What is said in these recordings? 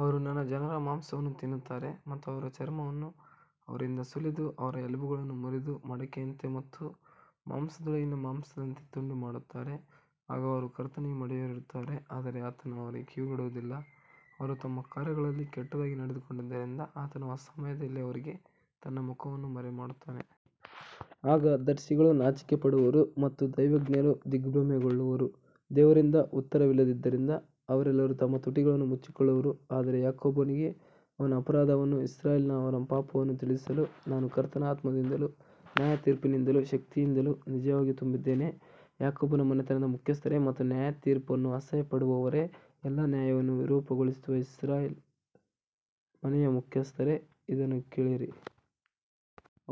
ಅವರು ನನ್ನ ಜನರ ಮಾಂಸವನ್ನು ತಿನ್ನುತ್ತಾರೆ ಮತ್ತು ಅವರ ಚರ್ಮವನ್ನು ಅವರಿಂದ ಸುಲಿದು ಅವರ ಎಲುಬುಗಳನ್ನು ಮುರಿದು ಮಡಕೆಯಂತೆ ಮತ್ತು ಮಾಂಸದೊಳಗಿನ ಮಾಂಸದಂತೆ ತುಂಡು ಮಾಡುತ್ತಾರೆ. ಆಗ ಅವರು ಕರ್ತನಿಗೆ ಮೊರೆಯಿಡುತ್ತಾರೆ, ಆದರೆ ಆತನು ಅವರಿಗೆ ಕಿವಿಗೊಡುವುದಿಲ್ಲ. ಅವರು ತಮ್ಮ ಕಾರ್ಯಗಳಲ್ಲಿ ಕೆಟ್ಟದಾಗಿ ನಡೆದುಕೊಂಡಿದ್ದರಿಂದ ಆತನು ಆ ಸಮಯದಲ್ಲಿ ಅವರಿಗೆ ತನ್ನ ಮುಖವನ್ನು ಮರೆಮಾಡುತ್ತಾನೆ. ಆಗ ದರ್ಶಿಗಳು ನಾಚಿಕೆಪಡುವರು ಮತ್ತು ದೈವಜ್ಞರು ದಿಗ್ಭ್ರಮೆಗೊಳ್ಳುವರು. ದೇವರಿಂದ ಉತ್ತರವಿಲ್ಲದ್ದರಿಂದ ಅವರೆಲ್ಲರೂ ತಮ್ಮ ತುಟಿಗಳನ್ನು ಮುಚ್ಚಿಕೊಳ್ಳುವರು. ಆದರೆ ಯಾಕೋಬನಿಗೆ ಅವನ ಅಪರಾಧವನ್ನೂ ಇಸ್ರಾಯೇಲಿಗೆ ಅವನ ಪಾಪವನ್ನೂ ತಿಳಿಸಲು ನಾನು ಕರ್ತನ ಆತ್ಮದಿಂದಲೂ ನ್ಯಾಯತೀರ್ಪಿನಿಂದಲೂ ಶಕ್ತಿಯಿಂದಲೂ ನಿಜವಾಗಿಯೂ ತುಂಬಿದ್ದೇನೆ. ಯಾಕೋಬನ ಮನೆತನದ ಮುಖ್ಯಸ್ಥರೇ ಮತ್ತು ನ್ಯಾಯತೀರ್ಪನ್ನು ಅಸಹ್ಯಪಡುವವರೇ, ಎಲ್ಲಾ ನ್ಯಾಯವನ್ನು ವಿರೂಪಗೊಳಿಸುವ ಇಸ್ರಾಯೇಲ್ ಮನೆಯ ಮುಖ್ಯಸ್ಥರೇ, ಇದನ್ನು ಕೇಳಿರಿ.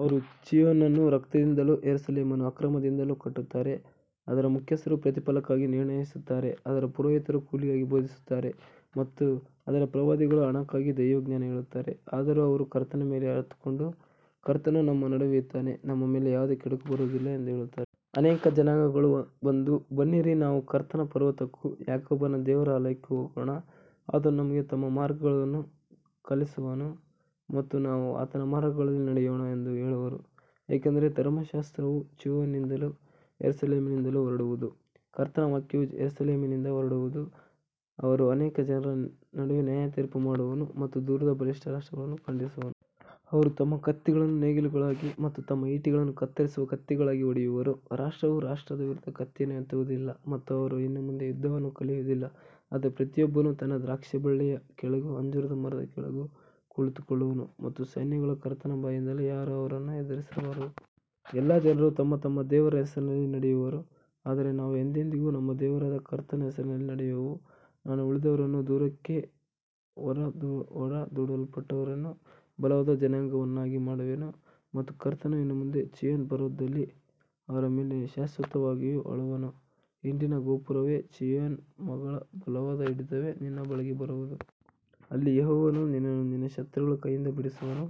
ಅವರು ಚೀಯೋನನ್ನು ರಕ್ತದಿಂದಲೂ ಯೆರೂಸಲೇಮನ್ನು ಅಕ್ರಮದಿಂದಲೂ ಕಟ್ಟುತ್ತಾರೆ. ಅದರ ಮುಖ್ಯಸ್ಥರು ಪ್ರತಿಫಲಕ್ಕಾಗಿ ನಿರ್ಣಯಿಸುತ್ತಾರೆ, ಅದರ ಪುರೋಹಿತರು ಕೂಲಿಗಾಗಿ ಬೋಧಿಸುತ್ತಾರೆ ಮತ್ತು ಅದರ ಪ್ರವಾದಿಗಳು ಹಣಕ್ಕಾಗಿ ದೈವಜ್ಞಾನ ಹೇಳುತ್ತಾರೆ. ಆದರೂ ಅವರು ಕರ್ತನ ಮೇಲೆ ಆತುಕೊಂಡು, ಕರ್ತನು ನಮ್ಮ ನಡುವೆ ಇದ್ದಾನೆ, ನಮ್ಮ ಮೇಲೆ ಯಾವುದೇ ಕೆಡುಕು ಬರುವುದಿಲ್ಲ ಎಂದು ಹೇಳುತ್ತಾರೆ. ಅನೇಕ ಜನಾಂಗಗಳು ಬಂದು, ಬನ್ನಿರಿ, ನಾವು ಕರ್ತನ ಪರ್ವತಕ್ಕೂ ಯಾಕೋಬನ ದೇವರ ಆಲಯಕ್ಕೂ ಹೋಗೋಣ, ಆತನು ನಮಗೆ ತನ್ನ ಮಾರ್ಗಗಳನ್ನು ಕಲಿಸುವನು ಮತ್ತು ನಾವು ಆತನ ಮಾರ್ಗಗಳಲ್ಲಿ ನಡೆಯೋಣ ಎಂದು ಹೇಳುವರು. ಏಕೆಂದರೆ ಧರ್ಮಶಾಸ್ತ್ರವು ಚೀಯೋನಿನಿಂದಲೂ ಯೆರೂಸಲೇಮಿನಿಂದಲೂ ಹೊರಡುವುದು, ಕರ್ತನ ವಾಕ್ಯವು ಯೆರೂಸಲೇಮಿನಿಂದ ಹೊರಡುವುದು. ಅವನು ಅನೇಕ ಜನರ ನಡುವೆ ನ್ಯಾಯತೀರ್ಪು ಮಾಡುವನು ಮತ್ತು ದೂರದ ಬಲಿಷ್ಠ ರಾಷ್ಟ್ರಗಳನ್ನು ಖಂಡಿಸುವನು. ಅವರು ತಮ್ಮ ಕತ್ತಿಗಳನ್ನು ನೇಗಿಲುಗಳಾಗಿ ಮತ್ತು ತಮ್ಮ ಈಟಿಗಳನ್ನು ಕತ್ತರಿಸುವ ಕತ್ತಿಗಳಾಗಿ ಹೊಡೆಯುವರು. ರಾಷ್ಟ್ರವು ರಾಷ್ಟ್ರದ ವಿರುದ್ಧ ಕತ್ತಿಯನ್ನು ಎತ್ತುವುದಿಲ್ಲ ಮತ್ತು ಅವರು ಇನ್ನು ಮುಂದೆ ಯುದ್ಧವನ್ನು ಕಲಿಯುವುದಿಲ್ಲ. ಆದರೆ ಪ್ರತಿಯೊಬ್ಬನು ತನ್ನ ದ್ರಾಕ್ಷೇಬಳ್ಳಿಯ ಕೆಳಗೂ ಅಂಜೂರದ ಮರದ ಕೆಳಗೂ ಕುಳಿತುಕೊಳ್ಳುವನು ಮತ್ತು ಸೈನ್ಯಗಳ ಕರ್ತನ ಬಾಯಿಂದ ಯಾರೂ ಅವರನ್ನು ಹೆದರಿಸಬಾರದು. ಎಲ್ಲಾ ಜನರು ತಮ್ಮ ತಮ್ಮ ದೇವರ ಹೆಸರಿನಲ್ಲಿ ನಡೆಯುವರು, ಆದರೆ ನಾವು ಎಂದೆಂದಿಗೂ ನಮ್ಮ ದೇವರಾದ ಕರ್ತನ ಹೆಸರಿನಲ್ಲಿ ನಡೆಯುವೆವು. ನಾನು ಉಳಿದವರನ್ನೂ ದೂರಕ್ಕೆ ಹೊರದೂಡಲ್ಪಟ್ಟವರನ್ನೂ ಬಲವಾದ ಜನಾಂಗವನ್ನಾಗಿ ಮಾಡುವೆನು ಮತ್ತು ಕರ್ತನು ಇನ್ನು ಮುಂದೆ ಚೀಯೋನ್ ಪರ್ವತದಲ್ಲಿ ಅವರ ಮೇಲೆ ಶಾಶ್ವತವಾಗಿ ಆಳುವನು. ಹಿಂಡಿನ ಗೋಪುರವೇ, ಚೀಯೋನ್ ಮಗಳ ಬಲವಾದ ಹಿಡಿತವೇ, ನಿನ್ನ ಬಳಿಗೆ ಬರುವದು. ಅಲ್ಲಿ ಯೆಹೋವನು ನಿನ್ನನ್ನು ನಿನ್ನ ಶತ್ರುಗಳ ಕೈಯಿಂದ ಬಿಡಿಸುವನು.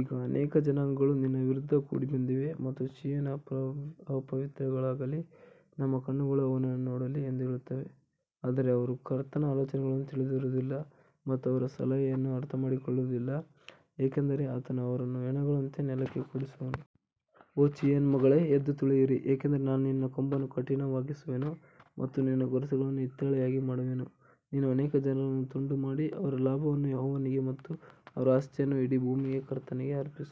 ಈಗ ಅನೇಕ ಜನಾಂಗಗಳು ನಿನ್ನ ವಿರುದ್ಧ ಕೂಡಿಬಂದಿವೆ ಮತ್ತು ಚೀಯೋನ್ ಅಪವಿತ್ರಳಾಗಲಿ, ನಮ್ಮ ಕಣ್ಣುಗಳು ಅವಳನ್ನು ನೋಡಲಿ ಎಂದು ಹೇಳುತ್ತವೆ. ಆದರೆ ಅವರು ಕರ್ತನ ಆಲೋಚನೆಗಳನ್ನು ತಿಳಿದಿರುವುದಿಲ್ಲ ಮತ್ತು ಅವರ ಸಲಹೆಯನ್ನು ಅರ್ಥಮಾಡಿಕೊಳ್ಳುವುದಿಲ್ಲ, ಏಕೆಂದರೆ ಆತನು ಅವರನ್ನು ಹೆಣಗಳಂತೆ ನೆಲಕ್ಕೆ ಕೂಡಿಸುವನು. ಓ ಚೀಯೋನ್ ಮಗಳೇ, ಎದ್ದು ತುಳಿಯಿರಿ, ಏಕೆಂದರೆ ನಾನು ನಿನ್ನ ಕೊಂಬನ್ನು ಕಬ್ಬಿಣವಾಗಿಸುವೆನು ಮತ್ತು ನಿನ್ನ ಗೊರಸುಗಳನ್ನು ಹಿತ್ತಾಳೆಯಾಗಿ ಮಾಡುವೆನು. ನೀನು ಅನೇಕ ಜನರನ್ನು ತುಂಡುಮಾಡಿ, ಅವರ ಲಾಭವನ್ನು ಯೆಹೋವನಿಗೆ ಮತ್ತು ಅವರ ಆಸ್ತಿಯನ್ನು ಇಡೀ ಭೂಮಿಯ ಕರ್ತನಿಗೆ ಅರ್ಪಿಸುವಿ.